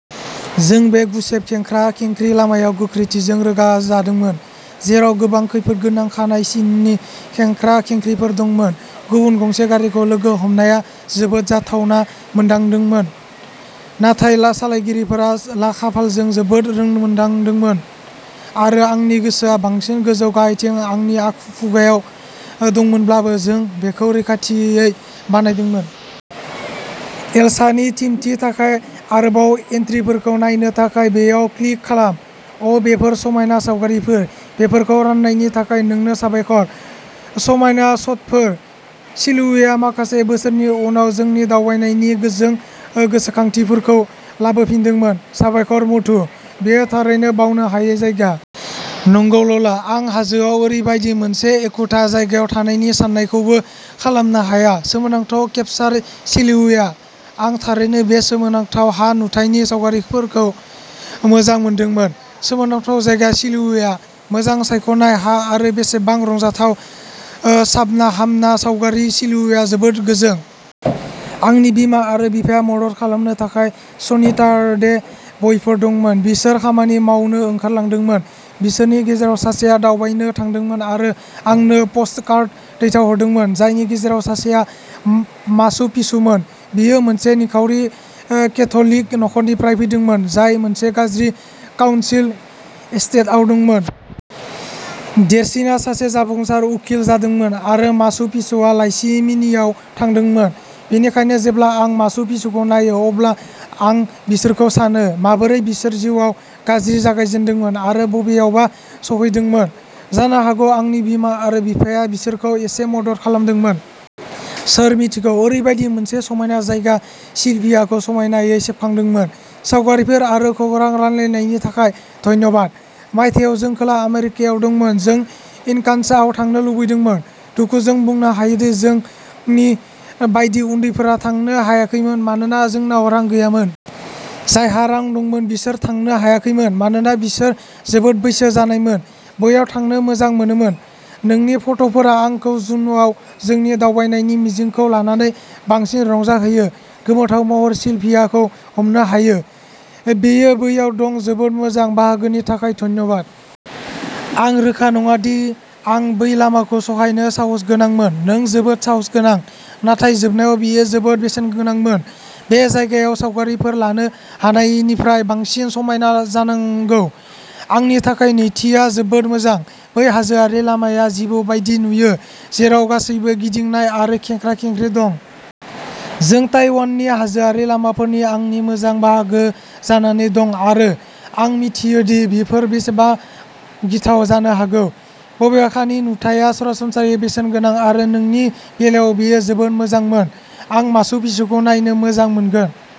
जों बे गुसेब खेंख्रा-खेंख्रि लामायाव गोख्रैथिजों रोगाजादोंमोन, जेराव गोबां खैफोदगोनां खानाय सिननि खेंख्रा-खेंख्रिफोर दंमोन। गुबुन गंसे गारिखौ लोगो हमनाया जोबोद जाथावना मोनदांदोंमोन। नाथाय लासालायगिरिफोरा लाखाफालजों जोबोद रोंमोन्दांमोन आरो आंनि गोसोआ बांसिन गोजौ-गाहायथिं आंनि आ खुगायाव दंमोनब्लाबो, जों बेखौ रैखाथियै बानायदोंमोन। एलसानि थिमथि थाखाय आरोबाव एन्ट्रिफोरखौ नायनो थाखाय बेयाव क्लिक खालाम। अ बेफोर समायना सावगारिफोर। बेफोरखौ राननायनि थाखाय नोंनो साबायखर। समायना शटफोर सिल्विया माखासे बोसोरनि उनाव जोंनि दावबायनायनि गोजों ओ गोसोखांथिफोरखौ लाबोफिनदोंमोन। साबायखर, मधु। बेयो थारैनो बावनो हायै जायगा। नंगौ, ल'ला। आं हाजोआव ओरैबायदि मोनसे एखुथा जायगायाव थानायनि साननायखौबो खालामनो हाया। सोमोनांथाव केपसार सिल्विया। आं थारैनो बे सोमोनांथाव हा नुथायनि सावगारिफोरखौ मोजां मोनदोंमोन। सोमोनांथाव जायगा सिल्विया, मोजां सायख'नाय हा आरो बेसेबां रंजाथाव ओ साबनाहामना सावगारि सिल्विया, जोबोद गोजों। आंनि बिमा आरो बिफाया मदद खालामनो थाखाय सनिटारडे बयफोर दंमोन। बिसोर खामानि मावनो ओंखारलांदोंमोन। बिसोरनि गेजेराव सासेया दावबायनो थांदोंमोन आरो आंनो पस्टकार्ड दैथायहरदोंमोन, जायनि गेजेराव सासेआ मा-माचु पिचुमोन। बियो मोनसे निखावरि ओ केथ'लिक नखरनिफ्राय फैदोंमोन, जाय मोनसे गाज्रि काउन्सिल एस्टेटआव दंमोन। देरसिनआ सासे जाफुंसार उखिल जादोंमोन आरो माचु पिचुआ लाइसिमिनियाव थांदोंमोन। बेनिखायनो जेब्ला आं माचु पिचुखौ नायो, अब्ला आं बिसोरखौ सानो, माबोरै बिसोर जिउआव गाज्रि जागायजेन्दोंमोन आरो बबेयावबा सौहैदोंमोन। जानो हागौ आंनि बिमा आरो बिफाया बिसोरखौ एसे मदद खालामदोंमोन। सोर मिन्थिगौ, ओरैबायदि मोनसे समायना जायगा सिलभियाखौ समायनायै सेबखांदोंमोन। सावगारिफोर आरो खौरां रानलायनायनि थाखाय धन्यबाद। मायथाइयाव जों खोला आमेरिकायाव दंमोन, जों इनकासआव थांनो लुबैदोंमोन। दुखुजों बुंनो हायोदि जोंनि बायदि उन्दैफोरा थांनो हायाखैमोन। मानोना जोंनाव रां गैयामोन। जायहा रां दंमोन बिसोर थांनो हायाखैमोन। मानोना बिसोर जोबोद बैसो जानायमोन, बैयाव थांनो मोजां मोनोमोन। नोंनि फट'फोरा आंखौ जुनुआव जोंनि दावबायनायनि मिजिंखौ लानानै बांसिन रंजाहोयो। गोमोथाव महरै सिलभियाखौ हमनो हायो। बेयो बैयाव दं, जोबोद मोजां बाहागोनि थाखाय धन्यबाद। आं रोखा नङा दि आं बै लामाखौ सहायनो साहसगोनांमोन, नों जोबोद साहसगोनां। नाथाय जोबनायाव बेयो जोबोद बेसेनगोनांमोन। बे जायगाया सावगारिफोर लानो हानायनिफ्राय बांसिन समायना जानांगौ। आंनि थाखाय नैथिआ जोबोद मोजां, बै हाजोआरि लामाया जिबौ बायदि नुयो, जेराव गासैबो गिदिंनाय आरो खेंख्रा-खेंख्रि दं। जों ताइवाननि हाजोआरि लामाफोरनि आंनि मोजां बाहागो जानानै दं आरो आं मिथियो दि बेफोर बेसेबा गिथाव जानो हागौ। बबेखानि नुथायआ सरासनस्रायै बेसेनगोनां आरो नोंनि बेलायाव बेयो जोबोद मोजांमोन। आं माचु पिचुखौ नायनो मोजां मोनगोन।